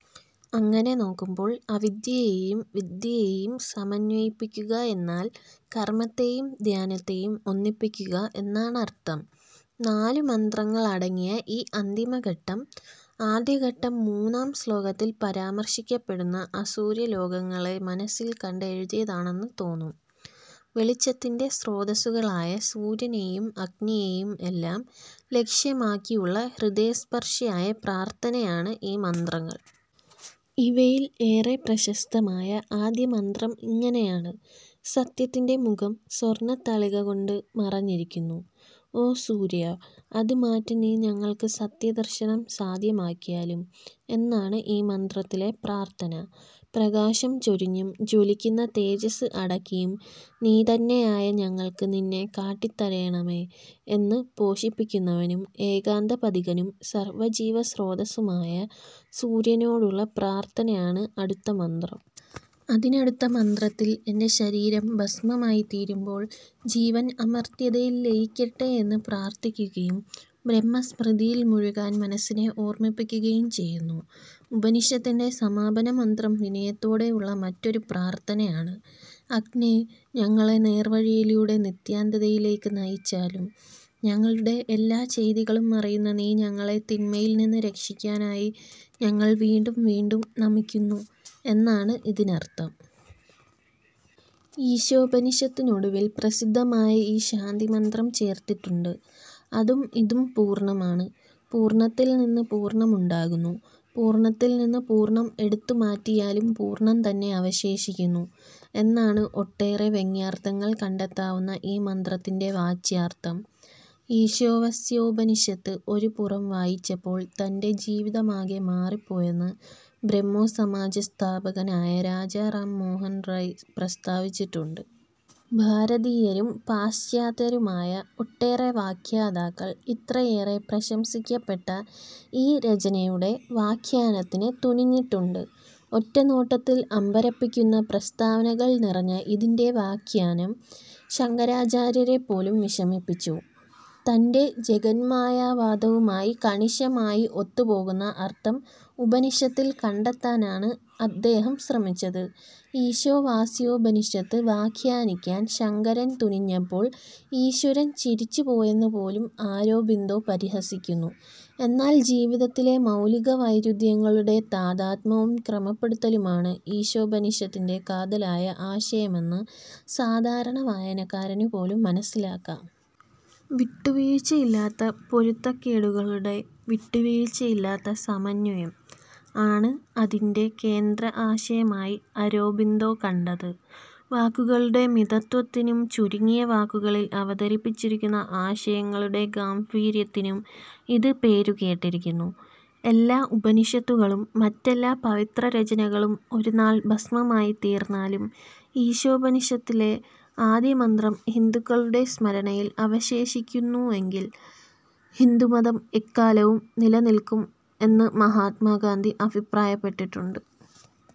അങ്ങനെ നോക്കുമ്പോൾ, അവിദ്യയേയും വിദ്യയേയും സമന്വയിപ്പിക്കുകയെന്നാൽ, കർമ്മത്തേയും ധ്യാനത്തേയും ഒന്നിപ്പിക്കുക എന്നാണർത്ഥം. നാലു മന്ത്രങ്ങൾ അടങ്ങിയ ഈ അന്തിമ ഘട്ടം, ആദ്യഘട്ടം മൂന്നാം ശ്ലോകത്തിൽ പരാമർശിക്കപ്പെടുന്ന അസൂര്യലോകങ്ങളെ മനസ്സിൽ കണ്ട് എഴുതിയതാണെന്ന് തോന്നും. വെളിച്ചത്തിന്റെ സ്രോതസ്സുകളായ സൂര്യനേയും അഗ്നിയേയും എല്ലാം ലക്ഷ്യമാക്കിയുള്ള ഹൃദയസ്പർശിയായ പ്രാർത്ഥനയാണ് ഈ മന്ത്രങ്ങൾ. ഇവയിൽ ഏറെ പ്രശസ്തമായ ആദ്യമന്ത്രം ഇങ്ങനെയാണ്:- "സത്യത്തിന്റെ മുഖം സ്വർണ്ണത്തളിക കൊണ്ട് മറഞ്ഞിരിക്കുന്നു; ഓ സൂര്യാ, അത് മാറ്റി നീ ഞങ്ങൾക്ക് സത്യദർശനം സാദ്ധ്യമാക്കിയാലും" എന്നാണ് ഈ മന്ത്രത്തിലെ പ്രാർത്ഥന. പ്രകാശം ചൊരിഞ്ഞും ജ്വലിക്കുന്ന തേജസ് അടക്കിയും, നീ തന്നെയായ ഞങ്ങൾക്ക് നിന്നെ കാട്ടിത്തരേണമേ എന്ന്, പോഷിപ്പിക്കുന്നവനും ഏകാന്തപഥികനും സർവജീവശ്രോതസ്സുമായ സൂര്യനോടുള്ള പ്രാർത്ഥനയാണ് അടുത്ത മന്ത്രം. അതിനടുത്തമന്ത്രത്തിൽ എന്റെ ശരീരം ഭസ്മമായിത്തീരുമ്പോൾ, ജീവൻ അമർത്ത്യതയിൽ ലയിക്കട്ടെയെന്ന് പ്രാർത്ഥിക്കുകയും, ബ്രഹ്മസ്മൃതിയിൽ മുഴുകാൻ മനസ്സിനെ ഓർമ്മിപ്പിക്കുകയും ചെയ്യുന്നു. ഉപനിഷത്തിന്റെ സമാപനമന്ത്രം വിനയത്തോടെയുള്ള മറ്റൊരു പ്രാർത്ഥനയാണ്:- "അഗ്നേ, ഞങ്ങളെ നേർവഴിയിലൂടെ നിത്യാനന്ദത്തിലേക്ക് നയിച്ചാലും. ഞങ്ങളുടെ എല്ലാച്ചെയ്തികളും അറിയുന്ന നീ ഞങ്ങളെ തിന്മയിൽ നിന്ന് രക്ഷിക്കാനായി ഞങ്ങൾ വീണ്ടും വീണ്ടും നമിക്കുന്നു " എന്നാണ് ഇതിനർത്ഥം. ഈശോപനിഷത്തിനൊടുവിൽ പ്രസിദ്ധമായ ഈ ശാന്തിമന്ത്രം ചേർത്തിട്ടുണ്ട്:- "അതും ഇതും പൂർണ്ണമാണ്; പൂർണ്ണത്തിൻൽ നിന്ന് പൂർണ്ണം ഉണ്ടാകുന്നു; പൂർണ്ണത്തിൽ നിന്ന് പൂർണ്ണം എടുത്തുമാറ്റിയാലും പൂർണ്ണം തന്നെ അവശേഷിക്കുന്നു" എന്നാണ് ഒട്ടേറെ വ്യംഗ്യാർത്ഥങ്ങൾ കണ്ടെത്താവുന്ന ഈ മന്ത്രത്തിന്റെ വാച്യാർത്ഥം. ഈശാവാസ്യോപനിഷത്ത് ഒരു പുറം വായിച്ചപ്പോൾ തന്റെ ജീവിതമാകെ മാറിപ്പോയെന്ന് ബ്രഹ്മോസമാജ സ്ഥാപകനായ രാജാ റാം മോഹൻ റായ് പ്രസ്ഥാവിച്ചിട്ടുണ്ട്. ഭാരതീയരും പാശ്ചാത്യരുമായ ഒട്ടേറെ വ്യാഖ്യാതാക്കൾ, ഇത്രയേറെ പ്രശംസിക്കപ്പെട്ട ഈ രചനയുടെ വ്യാഖ്യാനത്തിന് തുനിഞ്ഞിട്ടുണ്ട്. ഒറ്റനോട്ടത്തിൽ അമ്പരപ്പിക്കുന്ന പ്രസ്താവനകൾ നിറഞ്ഞ ഇതിന്റെ വ്യാഖ്യാനം ശങ്കരാചാര്യരെപ്പോലും വിഷമിപ്പിച്ചു. തന്റെ ജഗന്മായാവാദവുമായി കണിശമായി ഒത്തുപോകുന്ന അർത്ഥം ഉപനിഷത്തിൽ കണ്ടെത്താനാണ് അദ്ദേഹം ശ്രമിച്ചത്. ഈശാവാസ്യോപനിഷത്ത് വ്യാഖ്യാനിക്കാൻ ശങ്കരൻ തുനിഞ്ഞപ്പോൾ ഈശ്വരൻ ചിരിച്ചുപോയെന്നുപോലും അരോബിന്ദോ പരിഹസിക്കുന്നു എന്നാൽ ജീവിതത്തിലെ മൗലികവൈരുദ്ധ്യങ്ങളുടെ താദാത്മ്യവും ക്രമപ്പെടുത്തലുമാണ് ഈശോപനിഷത്തിന്റെ കാതലായ ആശയമെന്ന് സാധാരണ വായനക്കാരനു പോലും മനസ്സിലാക്കാം. "വിട്ടുവീഴ്ചയില്ലാത്ത പൊരുത്തക്കേടുകളുടെ വിട്ടുവീഴ്ചയില്ലാത്ത സമന്വയം" ആണ് അതിന്റെ കേന്ദ്ര ആശയമായി അരോബിന്ദോ കണ്ടത്. വാക്കുകളുടെ മിതത്ത്വത്തിനും, ചുരുങ്ങിയ വാക്കുകളിൽ അവതരിപ്പിച്ചിരിക്കുന്ന ആശയങ്ങളുടെ ഗാംഭീര്യത്തിനും ഇത് പേരുകേട്ടിരിക്കുന്നു. "എല്ലാ ഉപനിഷത്തുകളും, മറ്റെല്ലാ പവിത്രരചനകളും ഒരുനാൾ ഭസ്മമായിത്തീർന്നാലും, ഈശോപനിഷത്തിലെ ആദ്യമന്ത്രം ഹിന്ദുക്കളുടെ സ്മരണയിൽ അവശേഷിക്കുന്നെങ്കിൽ, ഹിന്ദുമതം എക്കാലവും നിലനിൽക്കും" എന്ന് മഹാത്മാഗാന്ധി അഭിപ്രായപ്പെട്ടിട്ടുണ്ട്.